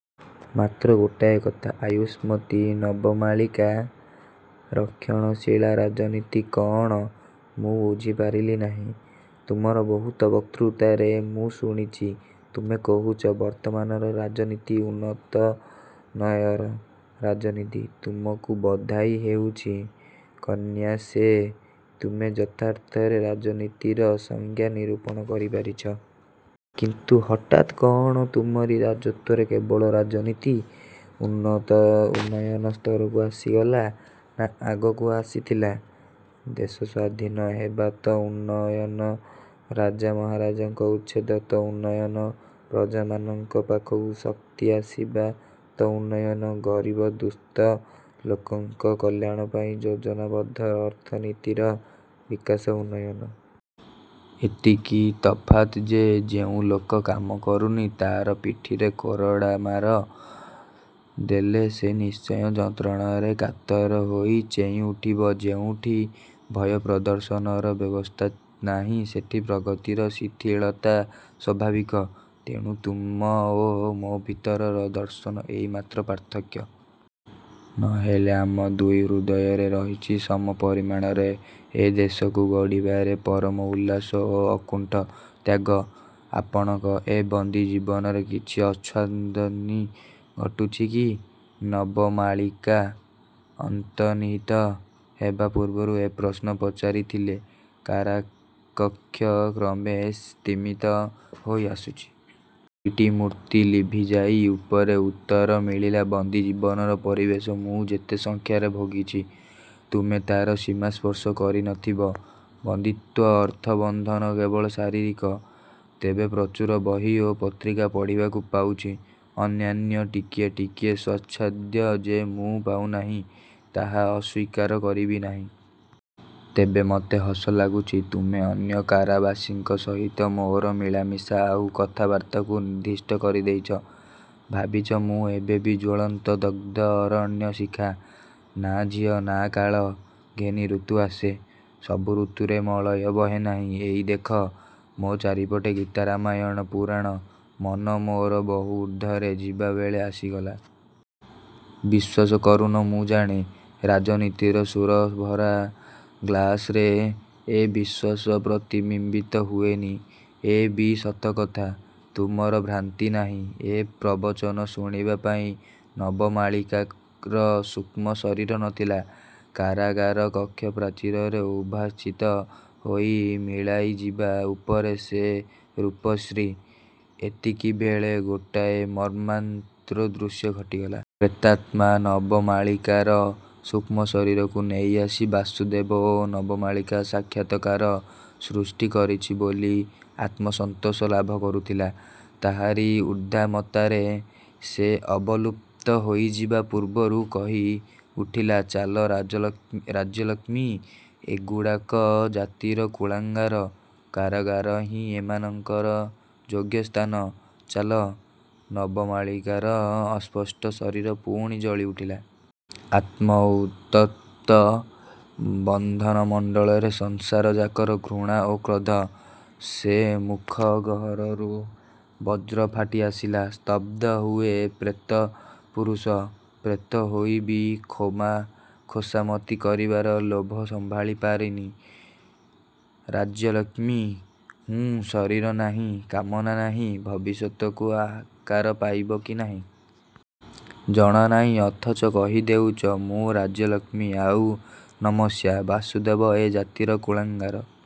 ମାତ୍ର ଗୋଟାଏ କଥା, ଆୟୁଷ୍ମତୀ ନବମାଳିକା, ରକ୍ଷଣଶୀଳ ରାଜନୀତି କଅଣ ମୁଁ ବୁଝିପାରିଲି ନାହିଁ। ତୁମର ବହୁ ବକ୍ତୃତାରେ ମୁଁ ଶୁଣିଛି ତୁମେ କହୁଛ ବର୍ତ୍ତମାନର ରାଜନୀତି ଉନ୍ନୟନର ରାଜନୀତି। ତୁମକୁ ବଧାଇ ଦେଉଛି, କନ୍ୟା, ସେ ତୁମେ ଯଥାର୍ଥରେ ରାଜନୀତିର ସଂଜ୍ଞା ନିରୂପଣ କରିପାରିଛ। କିନ୍ତୁ ହଠାତ୍ କଅଣ ତୁମରି ରାଜତ୍ଵରେ କେବଳ ରାଜନୀତି ଉନ୍ନୟନ ସ୍ତରକୁ ଆସିଗଲା ନା ଆଗରୁ ଆସିଥିଲା? ଦେଶ ସ୍ଵାଧୀନ ହେବା ତ ଉନ୍ନୟନ, ରାଜା ମହାରାଜାଙ୍କ ଉଚ୍ଛେଦ ତ ଉନ୍ନୟନ, ପ୍ରଜାମାନଙ୍କ ପାଖକୁ ଶକ୍ତି ଆସିବା ତ ଉନ୍ନୟନ, ଗରିବ ଦୁସ୍ଥ ଲୋକଙ୍କ କଲ୍ୟାଣ ପାଇଁ ଯୋଜନାବଦ୍ଧ ଅର୍ଥନୀତିର ବିକାଶ ଉନ୍ନୟନ!! ଏତିକି ତଫାତ୍ ଯେ, ଯେଉଁ ଲୋକ କାମ କରୁନି, ତାର ପିଠିରେ କୋରଡ଼ାମାଡ଼ ଦେଲେ ସେ ନିଶ୍ଚୟ ଯନ୍ତ୍ରଣାରେ କାତର ହୋଇ ଚେଇଁ ଉଠିବ। ଯେଉଁଠି ଭୟପ୍ରଦର୍ଶନର ବ୍ୟବସ୍ଥା ନାହିଁ ସେଠି ପ୍ରଗତିର ଶିଥିଳତା ସ୍ୱାଭାବିକ; ତେଣୁ ତୁମ ଓ ମୋ ଭିତରର ଦର୍ଶନର ଏଇ ମାତ୍ର ପାର୍ଥକ୍ୟ। ନ ହେଲେ ଆମ ଦୁଇ ହୃଦୟରେ ରହିଛି ସମପରିମାଣରେ ଏ ଦେଶକୁ ଗଢ଼ିବାରେ ପରମ ଉଲ୍ଲାସ ଓ ଅକୁଣ୍ଠ ତ୍ୟାଗ। -ଆପଣଙ୍କ ଏ ବନ୍ଦୀ ଜୀବନରେ କିଛି ଅସ୍ୱାଚ୍ଛନ୍ଦ୍ୟ ଘଟୁଛି କି? ନବମାଳିକା ଅନ୍ତର୍ହିତା ହେବା ପୂର୍ବରୁ ଏ ପ୍ରଶ୍ନ ପଚାରିଥିଲେ। କାରାକକ୍ଷ କ୍ରମେ ସ୍ତିମିତ ହୋଇଆସୁଛି। ଦୁଇଟି ମୂର୍ତ୍ତି ଲିଭି ଯିବା ଉପରେ। ଉତ୍ତର ମିଳିଲା-ବନ୍ଦୀ ଜୀବନର ପରିବେଶ ମୁଁ ଯେତେ ସଂଖ୍ୟାରେ ଭୋଗିଛି, ତୁମେ ତାର ସୀମା ସ୍ପର୍ଶ କରିନଥିବ। ବନ୍ଦୀତ୍ଵ ଅର୍ଥ ବନ୍ଧନ କେବଳ ଶାରୀରିକ। ତେବେ ପ୍ରଚୁର ବହି ଓ ପତ୍ରିକା ପଢ଼ିବାକୁ ପାଉଛି। ଅନ୍ୟାନ୍ୟ ଟିକିଏ ଟିକିଏ ସ୍ଵାଚ୍ଛନ୍ଦ୍ୟ ଯେ ମୁଁ ପାଉନାହିଁ, ତାହା ଅସ୍ୱୀକାର କରିବି ନାହିଁ। ତେବେ ମତେ ହସ ଲାଗୁଛି, ତୁମେ ଅନ୍ୟ କାରାବାସୀଙ୍କ ସହିତ ମୋର ମିଳାମିଶା ଆଉ କଥାବାର୍ତ୍ତାକୁ ନିଷିଦ୍ଧ କରିଦେଇଛ। ଭାବିଛ ମୁଁ ଏବେବି ଜ୍ଵଳନ୍ତ ଦଗ୍ଧ ଅରଣ୍ୟ ଶିଖା-? ନା, ଝିଅ, ନା-କାଳ ଘେନି ୠତୁ ଆସେ। ସବୁ ଋତୁରେ ମଳୟ ବହେ ନାହିଁ। ଏଇ ଦେଖ, ମୋ ଚାରିପଟେ ଗୀତା ରାମାୟଣ, ପୁରାଣ; ମନ ମୋର ବହୁ ଉର୍ଦ୍ଧ୍ଵରେ… ଯିବାବେଳ ଆସିଗଲା। ବିଶ୍ୱାସ କରୁନ ମୁଁ ଜାଣେ। ରାଜନୀତିର ସୁରାଭରା ଗ୍ଳାସରେ ଏ ବିଶ୍ୱାସ ପ୍ରତିବିମ୍ବିତ ହୁଏନି, ଏ ବି ସତକଥା। ତୁମର ଭ୍ରାନ୍ତି ନାହିଁ-। ଏ ପ୍ରବଚନ ଶୁଣିବା ପାଇଁ ନବମାଳିକାର ସୂକ୍ଷ୍ମ ଶରୀର ନଥିଲା। କାରାଗାର କକ୍ଷ ପ୍ରାଚୀରରେ ଉଦ୍ଭାସିତ ହୋଇ ମିଳାଇଯିବା ଉପରେ ସେ ରୂପଶ୍ରୀ… ଏତିକିବେଳେ ଗୋଟାଏ ମର୍ମାନ୍ତିକ ଦୃଶ୍ୟ ଘଟିଗଲା। ପ୍ରେତାତ୍ମା ନବମାଳିକାର ସୂକ୍ଷ୍ମ ଶରୀରକୁ ନେଇଆସି ବାସୁଦେବ ଓ ନବମାଳିକା ସାକ୍ଷାତକାର, ସୃଷ୍ଟି କରିଛି ବୋଲି ଆତ୍ମସନ୍ତୋଷ ଲାଭ କରୁଥିଲା। ତାହାରି ଉଦ୍ଦାମତାରେ ସେ ଅବଲୁପ୍ତ ହୋଇଯିବା ପୂର୍ବରୁ କହି ଉଠିଲା-ଚାଲ ରାଜ୍ୟଲକ୍ଷ୍ମୀ, ଏଗୁଡ଼ାକ ଜାତିର କୁଳାଙ୍ଗାର, କାରଗାରହିଁ ଏମାନଙ୍କର ଯୋଗ୍ୟ ସ୍ଥାନ, ଚାଲ–। ନବମାଳିକାର ଅସ୍ପଷ୍ଟ ଶରୀର ପୁଣି ଜଳି ଉଠିଲା। ଆଖି ଉତ୍ତପ୍ତ। ବଦନ ମଣ୍ଡଳରେ ସଂସାର ଯାକର ଘୃଣା ଓ କ୍ରୋଧ। ସେ ମୁଖ ଗହରରୁ ବଜ୍ର ଫାଟି ଆସିଲା– 'ସ୍ତବଧ ହୁଅ ପ୍ରେତପୁରୁଷ। ପ୍ରେତ ହୋଇ ବି ଖୋସାମତି କରିବାର ଲୋଭ ସମ୍ଭାଳି ପାରିନ? ରାଜ୍ୟଲକ୍ଷ୍ମୀ? ହୁଃ-ଶରୀର ନାହିଁ, କାମନା ନାହିଁ, ଭବିଷ୍ୟତକୁ ଆକାର ପାଇବ କି ନାହିଁ। ଜଣାନାହିଁ, ଅଥଚ କହିଦେଉଛ ମୁଁ ରାଜ୍ୟଲକ୍ଷ୍ମୀ ଆଉ ନମସ୍ୟା। ବାସୁଦେବ ଏ ଜାତିର କୁଳାଙ୍ଗାର-?